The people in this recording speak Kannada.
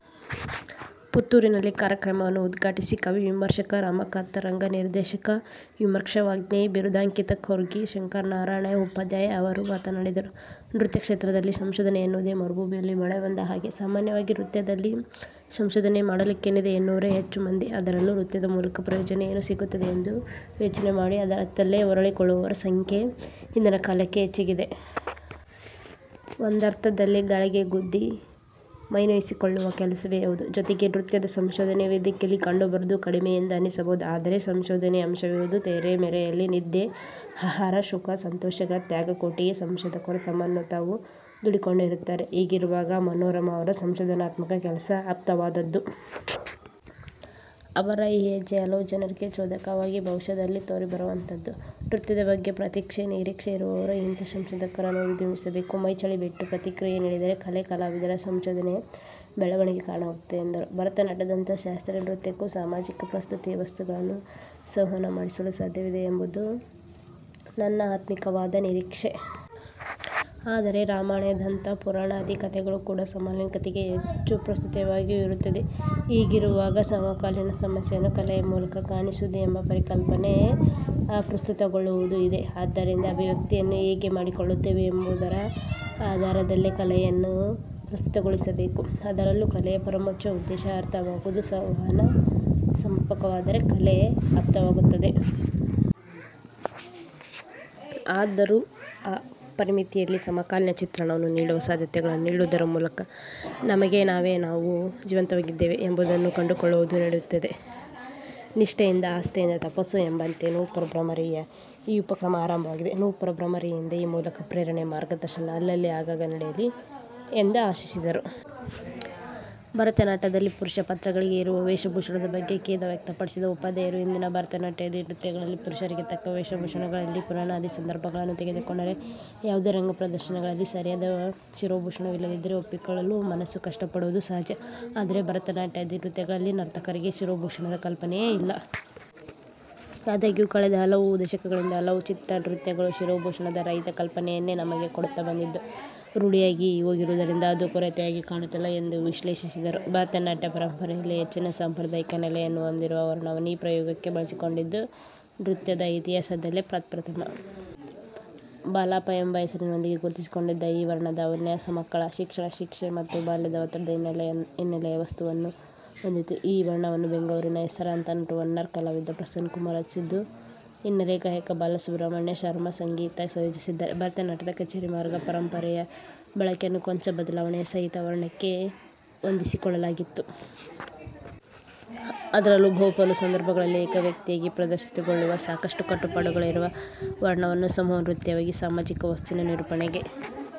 ಪುತ್ತೂರಿನಲ್ಲಿ ಕಾರ್ಯಕ್ರಮವನ್ನು ಉದ್ಘಾಟಿಸಿ ಕವಿ, ವಿಮರ್ಶಕ, 'ರಾಮಕಥಾ' ರಂಗನಿರ್ದೇಶಕ ವಿಮರ್ಶಾ ವಾಙ್ಮಯಿ ಬಿರುದಾಂಕಿತ ಕೊರ್ಗಿ ಶಂಕರನಾರಾಯಣ ಉಪಾಧ್ಯಾಯ ಅವರು ಮಾತನಾಡಿದರು. ನೃತ್ಯಕ್ಷೇತ್ರದಲ್ಲಿ ಸಂಶೋಧನೆ ಎನ್ನುವುದೇ ಮರುಭೂಮಿಯಲ್ಲಿ ಮಳೆ ಬಂದ ಹಾಗೆ. ಸಾಮನ್ಯವಾಗಿ ನೃತ್ಯದಲ್ಲಿ ಸಂಶೋಧನೆ ಮಾಡಲಿಕ್ಕೇನಿದೆ ಎನ್ನುವವರೇ ಹೆಚ್ಚು ಮಂದಿ. ಅದರಲ್ಲೂ ನೃತ್ಯದ ಮೂಲಕ ಪ್ರಯೋಜನ ಏನು ಸಿಗುತ್ತದೆ ಎಂದು ಯೋಚನೆ ಮಾಡಿ ಅದರತ್ತಲೇ ಹೊರಳಿಕೊಳ್ಳುವವರ ಸಂಖ್ಯೆ ಇಂದಿನ ಕಾಲಕ್ಕೆ ಹೆಚ್ಚಿಗಿದೆ. ಒಂದರ್ಥದಲ್ಲಿ ಗಾಳಿಗೆ ಗುದ್ದಿ ಮೈನೋಯಿಸಿಕೊಳ್ಳುವ ಕೆಲಸವೇ ಹೌದು. ಜೊತೆಗೆ ನೃತ್ಯದ ಸಂಶೋಧನೆ ವೇದಿಕೆಯಲ್ಲಿ ಕಂಡುಬರುವುದು ಕಡಿಮೆಯೆಂದು ಅನಿಸಬಹುದು. ಆದರೆ ಸಂಶೋಧನೆಯ ಅಂಶವಿರುವುದು ತೆರೆಯ ಮರೆಯಲಿ. ನಿದ್ದೆ, ಆಹಾರ, ಸುಖ ಸಂತೊಷಗಳ ತ್ಯಾಗಕೋಟಿಗೆ ಸಂಶೋಧಕರು ತಮ್ಮನ್ನು ತಾವು ದೂಡಿಕೊಂಡಿರುತ್ತಾರೆ. ಹೀಗಿರುವಾಗ ಮನೋರಮಾ ಅವರ ಸಂಶೋಧನಾತ್ಮಕ ಕೆಲಸ ಆಪ್ತವಾದದ್ದು. ಅವರ ಈ ಹೆಜ್ಜೆ ಹಲವು ಜನರಿಗೆ ಚೋದಕವಾಗಿ ಭವಿಷ್ಯದಲ್ಲಿ ತೋರಿಬರುವಂತದ್ದು. ನೃತ್ಯದ ಬಗ್ಗೆ ಪ್ರತೀಕ್ಷೆ, ನಿರೀಕ್ಷೆ ಇರುವವರು ಇಂತಹ ಸಂಶೋಧಕರನ್ನು ಹುರಿದುಂಬಿಸಬೇಕು. ಮೈಚಳಿ ಬಿಟ್ಟು ಪ್ರತಿಕ್ರಿಯೆ ನೀಡಿದರೆ ಕಲೆ, ಕಲಾವಿದರ, ಸಂಶೋಧನೆಯ ಬೆಳವಣಿಗೆಗೆ ಕಾರಣವಾಗುತ್ತದೆ ಎಂದರು. ಭರತನಾಟ್ಯದಂತಹ ಶಾಸ್ತ್ರೀಯ ನೃತ್ಯಕ್ಕೂ ಸಾಮಾಜಿಕ ಪ್ರಸ್ತುತತೆಯ ವಸ್ತುಗಳನ್ನು ಸಂವಹನ ಮಾಡಿಸಲು ಸಾಧ್ಯವಿದೆ ಎಂಬುದು ನನ್ನ ಆತ್ಮಿಕವಾದ ನಿರೀಕ್ಷೆ. ಆದರೆ ರಾಮಾಯಣದಂತಹ ಪುರಾಣಾದಿ ಕಥೆಗಳೂ ಕೂಡಾ ಸಮಕಾಲೀನತೆಗೆ ಹೆಚ್ಚು ಪ್ರಸ್ತುತವಾಗಿಯೂ ಇರುತ್ತದೆ. ಹೀಗಿರುವಾಗ ಸಮಕಾಲೀನ ಸಮಸ್ಯೆಯನ್ನು ಕಲೆಯ ಮೂಲಕ ಕಾಣಿಸುವುದು ಎಂಬ ಪರಿಕಲ್ಪನೆಯೇ ಅಪ್ರಸ್ತುತಗೊಳ್ಳುವುದೂ ಇದೆ. ಆದ್ದರಿಂದ ಅಭಿವ್ಯಕ್ತಿಯನ್ನು ಹೇಗೆ ಮಾಡಿಕೊಳ್ಳುತ್ತೇವೆ ಎಂಬುದರ ಆಧಾರದಲ್ಲೇ ಕಲೆಯನ್ನು ಪ್ರಸ್ತುತಗೊಳಿಸಿಕೊಳ್ಳಬೇಕು ಅದರಲ್ಲೂ ಕಲೆಯ ಪರಮೋಚ್ಛ ಉದ್ದೇಶ 'ಅರ್ಥವಾಗುವುದು'. ಸಂವಹನ ಸಮರ್ಪಕವಾದರೆ ಕಲೆ ಆಪ್ತವಾಗುತ್ತದೆ. ಆದರೂ ಆ ಪರಿಮಿತಿಯಲ್ಲಿ ಸಮಕಾಲೀನ ಚಿತ್ರಣವನ್ನು ನೀಡುವ ಸಾಧ್ಯತೆಗಳನ್ನು ನೀಡುವುದರ ಮೂಲಕ ನಮಗೆ ನಾವೇ 'ನಾವು ಜೀವಂತವಾಗಿದ್ದೇವೆ' ಎಂಬುದನ್ನು ಕಂಡುಕೊಳ್ಳುವುದು ನಡೆಯುತ್ತದೆ. ನಿಷ್ಠೆಯಿಂದ, ಆಸ್ಥೆಯಿಂದ, ತಪಸ್ಸೋ ಎಂಬಂತೆ ನೂಪುರ ಭ್ರಮರಿಯ ಈ ಉಪಕ್ರಮ ಆರಂಭವಾಗಿದೆ. ನೂಪುರ ಭ್ರಮರಿಯಿಂದ ಈ ಮೂಲಕ ಪ್ರೇರಣೆ, ಮಾರ್ಗದರ್ಶನ ಅಲ್ಲಲ್ಲಿ ಆಗಾಗ ನಡೆಯಲಿ ಎಂದು ಆಶಿಸಿದರು. ಭರತನಾಟ್ಯದಲ್ಲಿ ಪುರುಷ ಪಾತ್ರಗಳಿಗೆ ಇರುವ ವೇಷಭೂಷಣದ ಬಗ್ಗೆ ಖೇದ ವ್ಯಕ್ತಪಡಿಸಿದ ಉಪಾಧ್ಯಾಯರು ಇಂದಿನ ಭರತನಾಟ್ಯಾದಿ ನೃತ್ಯಗಳಲ್ಲಿ ಪುರುಷರಿಗೆ ತಕ್ಕ ವೇಷಭೂಷಣಗಳಿಲ್ಲ. ಪುರಾಣಾದಿ ಸಂದರ್ಭಗಳನ್ನು ತೆಗೆದುಕೊಂಡರೆ ಯಾವುದೇ ರಂಗ ಪ್ರದರ್ಶನಗಳಲ್ಲಿ ಸರಿಯಾದ ಶಿರೋಭೂಷಣವಿಲ್ಲದಿದ್ದರೆ ಒಪ್ಪಿಕೊಳ್ಳಲು ಮನಸ್ಸು ಕಷ್ಟಪಡುವುದು ಸಹಜ. ಆದರೆ ಭರತನಾಟ್ಯಾದಿ ನೃತ್ಯಗಳಲ್ಲಿ ನರ್ತಕರಿಗೆ ಶಿರೋಭೂಷಣದ ಕಲ್ಪನೆಯೇ ಇಲ್ಲ. ಆದಾಗ್ಯೂ ಕಳೆದ ಹಲವು ದಶಕಗಳಿಂದ ಹಲವು ಚಿತ್ರ, ನೃತ್ಯ, ಗಳು ಶಿರೋಭೂಷಣ ರಹಿತ ಕಲ್ಪನೆಯನ್ನೇ ನಮಗೆ ಕೊಡುತ್ತಾ ಬಂದಿದ್ದು; ರೂಢಿಯಾಗಿ ಹೋಗಿರುವುದರಿಂದ ಅದು ಕೊರತೆಯಾಗಿ ಕಾಣುತ್ತಿಲ್ಲ. ಎಂದು ವಿಶ್ಲೇಷಿಸಿದರು. ಭರತನಾಟ್ಯ ಪರಂಪರೆಯಲ್ಲೇ ಹೆಚ್ಚಿನ ಸಾಂಪ್ರ್ರದಾಯಿಕ ನೆಲೆಯನ್ನು ಹೊಂದಿರುವ ವರ್ಣವನ್ನು ಈ ಪ್ರಯೋಗಕ್ಕೆ ಬಳಸಿಕೊಂಡಿದ್ದು ನೃತ್ಯದ ಇತಿಹಾಸದಲ್ಲೇ ಪ್ರಪ್ರಥಮ. 'ಬಾಲಾಲಾಪ' ವೆಂಬ ಹೆಸರಿನೊಂದಿಗೆ ಗುರುತಿಸಿಕೊಂಡಿದ್ದ ಈ ವರ್ಣದ ವಿನ್ಯಾಸಮಕ್ಕಳ ಶಿಕ್ಷಣ, ಶಿಕ್ಷೆ ಮತ್ತು ಬಾಲ್ಯದ ಒತ್ತಡದ ಹಿನ್ನೆಲೆಯ ವಸ್ತುವನ್ನು ಹೊಂದಿತ್ತು. ಈ ವರ್ಣವನ್ನು ಬೆಂಗಳೂರಿನ ಹೆಸರಾಂತ ನಟುವನ್ನಾರ್ ಕಲಾವಿದ ಪ್ರಸನ್ನಕುಮಾರ್ ರಚಿಸಿದ್ದು; ಹಿನ್ನೆಲೆ ಗಾಯಕ ಬಾಲಸುಬ್ರಹ್ಮಣ್ಯ ಶರ್ಮ ಸಂಗೀತ ಸಂಯೋಜಿಸಿದ್ದಾರೆ. ಭರತನಾಟ್ಯದ ಕಛೇರಿಮಾರ್ಗ ಪರಂಪರೆಯ ಬಳಕೆಯನ್ನು ಕೊಂಚ ಬದಲಾವಣೆಯ ಸಹಿತ ವರ್ಣಕ್ಕೆ ಹೊಂದಿಸಿಕೊಳ್ಳಲಾಗಿತ್ತು. ಅದರಲ್ಲೂ ಬಹುಪಾಲು ಸಂದರ್ಭಗಳಲ್ಲಿ ಏಕವ್ಯಕ್ತಿಯಾಗಿ ಪ್ರದರ್ಶಿತಗೊಳ್ಳುವ ಸಾಕಷ್ಟು ಕಟ್ಟುಪಾಡುಗಳಿರುವ ವರ್ಣವನ್ನು ಸಮೂಹನೃತ್ಯವಾಗಿ, ಸಾಮಾಜಿಕ ವಸ್ತುವಿನ ನಿರೂಪಣೆಗೆ